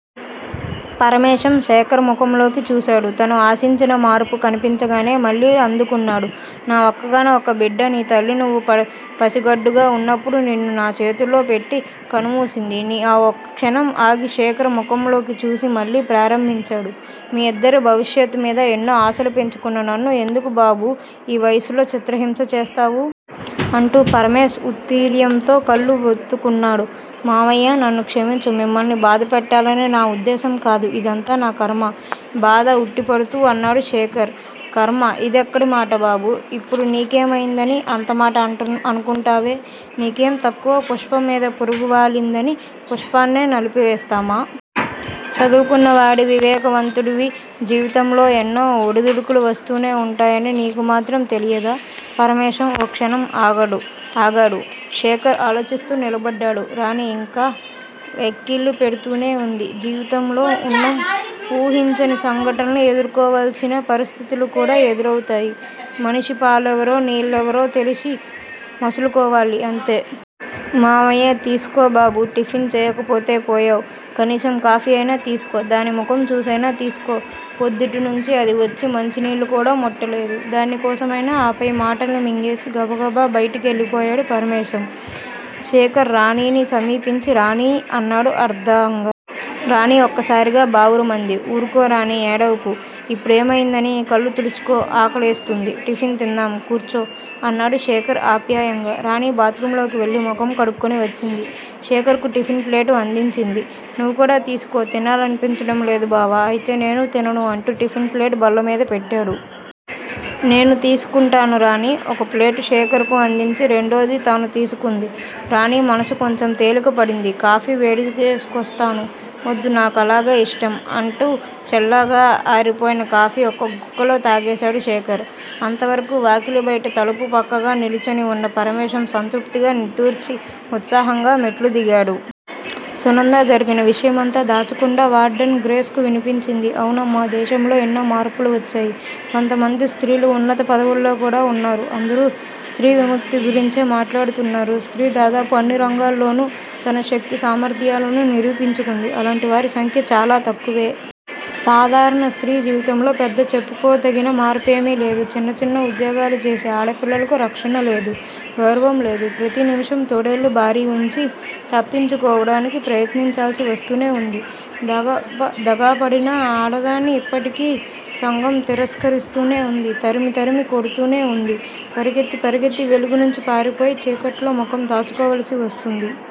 పరమేశం శేఖర్ ముఖంలోకి చూశాడు. తను ఆశించిన మార్పు కన్పించగానే మళ్ళీ అందుకున్నాడు. నా ఒక్కగాను ఒక్క బిడ్డ. నీ తల్లి నువ్వు పసిగుడ్డుగా వున్నప్పుడు నిన్ను నా చేతుల్లోపెట్టి కన్నుమూసింది ఓ క్షణం ఆగి శేఖర్ ముఖంలోకి చూసి మళ్ళీ ప్రారంభించాడు. మీ ఇద్దరి భవిష్యత్తుమీద ఎన్నో ఆశలు పెంచుకున్న నన్ను ఎందుకు బాబూ, ఈ వయసులో చిత్రహింస చేస్తావూ? అంటూ పరమేశ్ ఉత్తరీయంతో కళ్ళు వత్తుకున్నాడు. మామయ్యా! నన్ను క్షమించు. మిమ్మల్ని బాధపెట్టాలని నా ఉద్దేశంకాదు. ఇదంతా నా కర్మ! బాధ ఉట్టిపడుతూ అన్నాడు శేఖర్. కర్మ! ఇదెక్కడి మాట బాబూ! ఇప్పుడు నీకేమయిందని అంత మాట అనుకుంటావే? నీకేం తక్కువ? పుష్పంమీద పురుగు వాలిందని పుష్పాన్నే నలిపి వేస్తామా? చదువుకున్నవాడివి. వివేకవంతుడివి. జీవితంలో ఎన్నో ఒడిదుడుకులు వస్తూనే వుంటాయని నీకు మాత్రం తెలియదా? పరమేశం ఓ క్షణం ఆగాడు. శేఖర్ ఆలోచిస్తూ నిలబడ్డాడు. రాణి ఇంకా వెక్కిళ్ళు పెడుతూనే వుంది. జీవితంలో మనం ఊహించని సంఘటల్ని ఎదుర్కోవాల్సిన పరిస్థితులుకూడా ఎదురౌతాయ్. మనిషి, పాలేవరో నీళ్ళేవరో తెలిసి మసలుకోవాలి అంతే! మావయ్యా! తీసుకో బాబూ! టిఫిన్ చెయ్యకపోతే పోయావ్. కనీసం కాఫీ అయినా తీసుకో. దాని ముఖం చూసైనా తీసుకో. పొద్దుటినుంచి అది వచ్చి మంచినీళ్ళు కూడా ముట్టలేదు. దాని కోసమైనా ఆపై మాటల్ని మింగేసి గబగబా బయటి కెళ్ళిపోయాడు పరమేశం. శేఖర్ రాణిని సమీపించి రాణీ అన్నాడు ఆర్ద్రంగా. రాణి ఒక్కసారిగా బావురుమంది. ఊరుకో రాణీ! ఏడవకు! ఇప్పుడేమయిందనీ? కళ్ళు తుడుచుకో. ఆకలేస్తూంది. టిఫిన్ తిందాం కూర్చో! అన్నాడు శేఖర్ ఆప్యాయంగా. రాణి బాత్ రూంలోకి వెళ్ళి ముఖం కడుక్కుని వచ్చింది. శేఖర్ కు టిఫిన్ ప్లేట్ అందించింది. నువ్వుకూడా తీసుకో! తినాలనిపించడంలేదు బావా! అయితే నేనూ తినను అంటూ టిఫిన్ ప్లేట్ బల్లమీద పెట్టాడు. నేనూ తీసుకుంటాను రాణి ఒక ప్లేటు శేఖర్ కు అందించి రెండోది తను తీసుకుంది. రాణి మనసు కొంచెం తేలిక పడింది. కాఫీ వేడి చేసుకొస్తాను. వద్దు. నా కలాగే ఇష్టం! అంటూ చల్లగా ఆరిపోయిన కాఫీ ఒక్క గుక్కలో తాగేశాడు శేఖర్. అంతవరకూ వాకిలి బయట తలుపు పక్కగా నిల్చొని వున్న పరమేశం సంతృప్తిగా నిట్టూర్చి, ఉత్సాహంగా మెట్లుదిగాడు. సునంద జరిగిన విషయమంతా దాచకుండా వార్డెన్ గ్రేస్ కు వినిపించింది. అవునమ్మా! దేశంలో ఎన్నో మార్పులు వచ్చాయి. కొంతమంది స్త్రీలు ఉన్నత పదవుల్లో కూడా వున్నారు. అందరూ స్త్రీ విముక్తి గురించే మాట్లాడుతున్నారు. స్త్రీ దాదాపు అన్ని రంగాల్లోనూ తన శక్తి సామర్ధ్యాలను నిరూపించుకుంది. అలాంటి వారి సంఖ్య చాలా తక్కువే. సాధారణ స్త్రీ జీవితంలో పెద్ద చెప్పుకోదగిన మార్పేమీలేదు. చిన్న చిన్న ఉద్యోగాలు చేసే ఆడపిల్లలకు రక్షణలేదు. గౌరవంలేదు. ప్రతి నిముషం తోడేళ్ళు బారినుంచి తప్పించుకోవడానికి ప్రయత్నించాల్సి వస్తూనే వుంది. దగాపడిన ఆడదాన్ని ఇప్పటికీ సంఘం తిరస్కరిస్తూనే వుంది. తరిమి తరిమి కొడ్తూనే వుంది. పరిగెత్తి పరిగెత్తి వెలుగునుంచి పారిపోయి చీకట్లో ముఖం దాచుకోవాల్సి వస్తుంది.